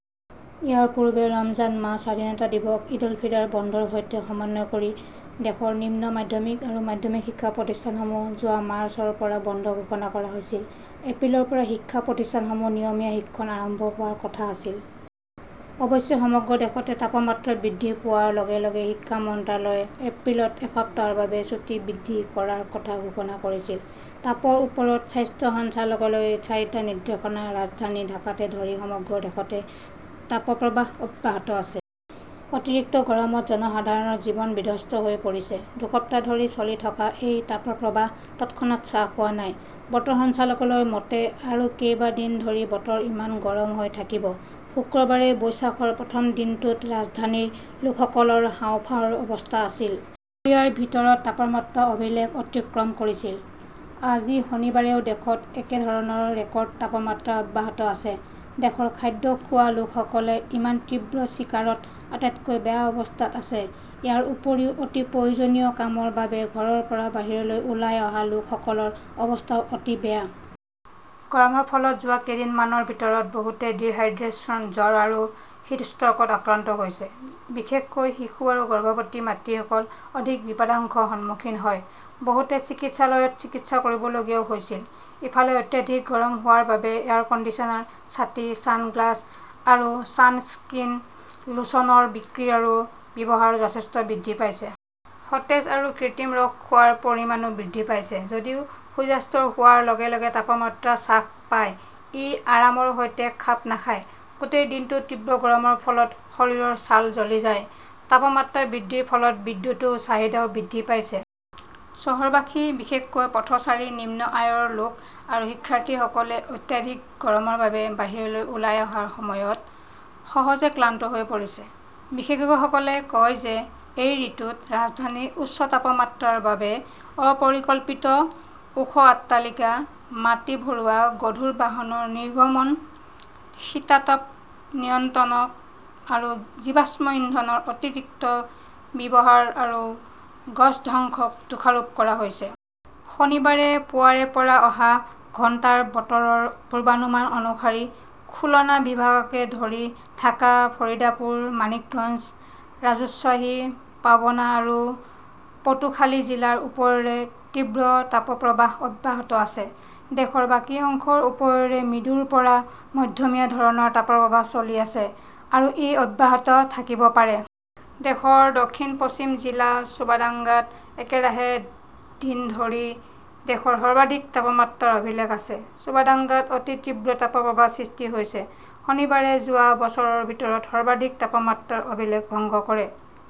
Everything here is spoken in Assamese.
ইয়াৰ পূৰ্বে ৰমজান মাহ, স্বাধীনতা দিৱস, ঈদ-উল-ফিতৰৰ বন্ধৰ সৈতে সমন্বয় কৰি দেশৰ নিম্ন মাধ্যমিক আৰু মাধ্যমিক শিক্ষা প্ৰতিষ্ঠানসমূহ যোৱা মাৰ্চৰ পৰা বন্ধ ঘোষণা কৰা হৈছিল। এপ্ৰিলৰ পৰা শিক্ষা প্ৰতিষ্ঠানসমূহত নিয়মীয়া শিক্ষণ আৰম্ভ হোৱাৰ কথা আছিল। অৱশ্যে, সমগ্ৰ দেশতে তাপমাত্ৰা বৃদ্ধি পোৱাৰ লগে লগে শিক্ষা মন্ত্ৰালয়ে এপ্ৰিলত এসপ্তাহৰ বাবে ছুটী বৃদ্ধি কৰাৰ কথা ঘোষণা কৰিছিল। তাপৰ ওপৰত স্বাস্থ্য সঞ্চালকালয়ৰ চাৰিটা নিৰ্দেশনা ৰাজধানী ঢাকাকে ধৰি সমগ্ৰ দেশতে তাপপ্ৰৱাহ অব্যাহত আছে। অতিৰিক্ত গৰমত জনসাধাৰণৰ জীৱন বিধ্বস্ত হৈ পৰিছে। দুসপ্তাহ ধৰি চলি থকা এই তাপপ্ৰৱাহ তৎক্ষণাত হ্ৰাস হোৱা নাই। বতৰ সঞ্চালকালয়ৰ মতে আৰু কেইবা দিন ধৰি বতৰ ইমান গৰম হৈ থাকিব। শুক্ৰবাৰে বৈশাখৰ প্ৰথম দিনটোত ৰাজধানীৰ লোকসকলৰ হাঁওফাঁওৰ অৱস্থা আছিল। দুপৰীয়াৰ ভিতৰত তাপমাত্ৰা অভিলেখ অতিক্ৰম কৰিছিল। আজি শনিবাৰেও দেশত একেধৰণৰ ৰেকৰ্ড তাপমাত্ৰা অব্যাহত আছে। দেশৰ খাদ্য খোৱা লোকসকলে ইমান তীব্ৰ চিকাৰত আটাইতকৈ বেয়া অৱস্থাত আছে। ইয়াৰ উপৰিও অতি প্ৰয়োজনীয় কামৰ বাবে ঘৰৰ পৰা বাহিৰলৈ ওলাই অহা লোকসকলৰ অৱস্থাও অতি বেয়া। গৰমৰ ফলত যোৱা কেইদিনমানৰ ভিতৰত বহুতে ডিহাইড্ৰেচন, জ্বৰ আৰু হিট ষ্ট্ৰ'কত আক্ৰান্ত হৈছে। বিশেষকৈ শিশু আৰু গৰ্ভৱতী মাতৃসকল অধিক বিপদাশঙ্গাৰ সন্মুখীন হয়। বহুতে চিকিৎসালয়ত চিকিৎসাও কৰিবলগীয়া হৈছিল। ইফালে, অত্যাধিক গৰম হোৱাৰ বাবে এয়াৰ কণ্ডিছনাৰ, ছাতি, ছানগ্লাস আৰু ছানস্ক্ৰীন লোশনৰ বিক্ৰী আৰু ব্যৱহাৰ যথেষ্ট বৃদ্ধি পাইছে। সতেজ আৰু কৃত্ৰিম ৰস খোৱাৰ পৰিমাণো বৃদ্ধি পাইছে। যদিও সূৰ্যাস্ত হোৱাৰ লগে লগে তাপমাত্ৰা হ্ৰাস পায়, ই আৰামৰ সৈতে খাপ নাখায়। গোটেই দিনটোৰ তীব্ৰ গৰমৰ ফলত শৰীৰৰ ছাল জ্বলি যায়। তাপমাত্ৰা বৃদ্ধিৰ ফলত বিদ্যুৎৰ চাহিদাও বৃদ্ধি পাইছে। চহৰবাসী, বিশেষকৈ পথচাৰী, নিম্ন আয়ৰ লোক আৰু শিক্ষাৰ্থীসকলে অত্যাধিক গৰমৰ বাবে বাহিৰলৈ ওলাই অহাৰ সময়ত সহজে ক্লান্ত হৈ পৰিছে। বিশেষজ্ঞসকলে কয় যে, এই ঋতুত ৰাজধানীৰ উচ্চ তাপমাত্ৰাৰ বাবে অপৰিকল্পিত ওখ অট্টালিকা, মাটি ভৰোৱা, গধুৰ বাহনৰ নিৰ্গমন, শীতাতপ নিয়ন্ত্ৰক আৰু জীৱাশ্ম ইন্ধনৰ অতিৰিক্ত ব্যৱহাৰ আৰু গছ ধ্বংসক দোষাৰোপ কৰা হৈছে। শনিবাৰে পুৱাৰ পৰা অহা ঘণ্টাৰ বতৰৰ পূৰ্বানুমান অনুসৰি, খুলনা বিভাগকে ধৰি ঢাকা, ফৰিদপুৰ, মানিকগঞ্জ, ৰাজশ্বাহী, পাবনা আৰু পটুখালি জিলাৰ ওপৰেৰে তীব্ৰ তাপপ্ৰৱাহ অব্যাহত আছে। দেশৰ বাকী অংশৰ ওপৰেৰে মৃদুৰ পৰা মধ্যমীয়া ধৰণৰ তাপপ্ৰৱাহ চলি আছে আৰু ই অব্যাহত থাকিব পাৰে। দেশৰ দক্ষিণ-পশ্চিম জিলা চুৱাডাঙ্গাত একেৰাহে দিন ধৰি দেশৰ সৰ্বাধিক তাপমাত্ৰাৰ অভিলেখ আছে। চুৱাডাঙ্গাত অতি তীব্ৰ তাপপ্ৰৱাহৰ সৃষ্টি হৈছে। শনিবাৰে যোৱা বছৰৰ ভিতৰত সৰ্বাধিক তাপমাত্ৰাৰ অভিলেখ ভংগ কৰে।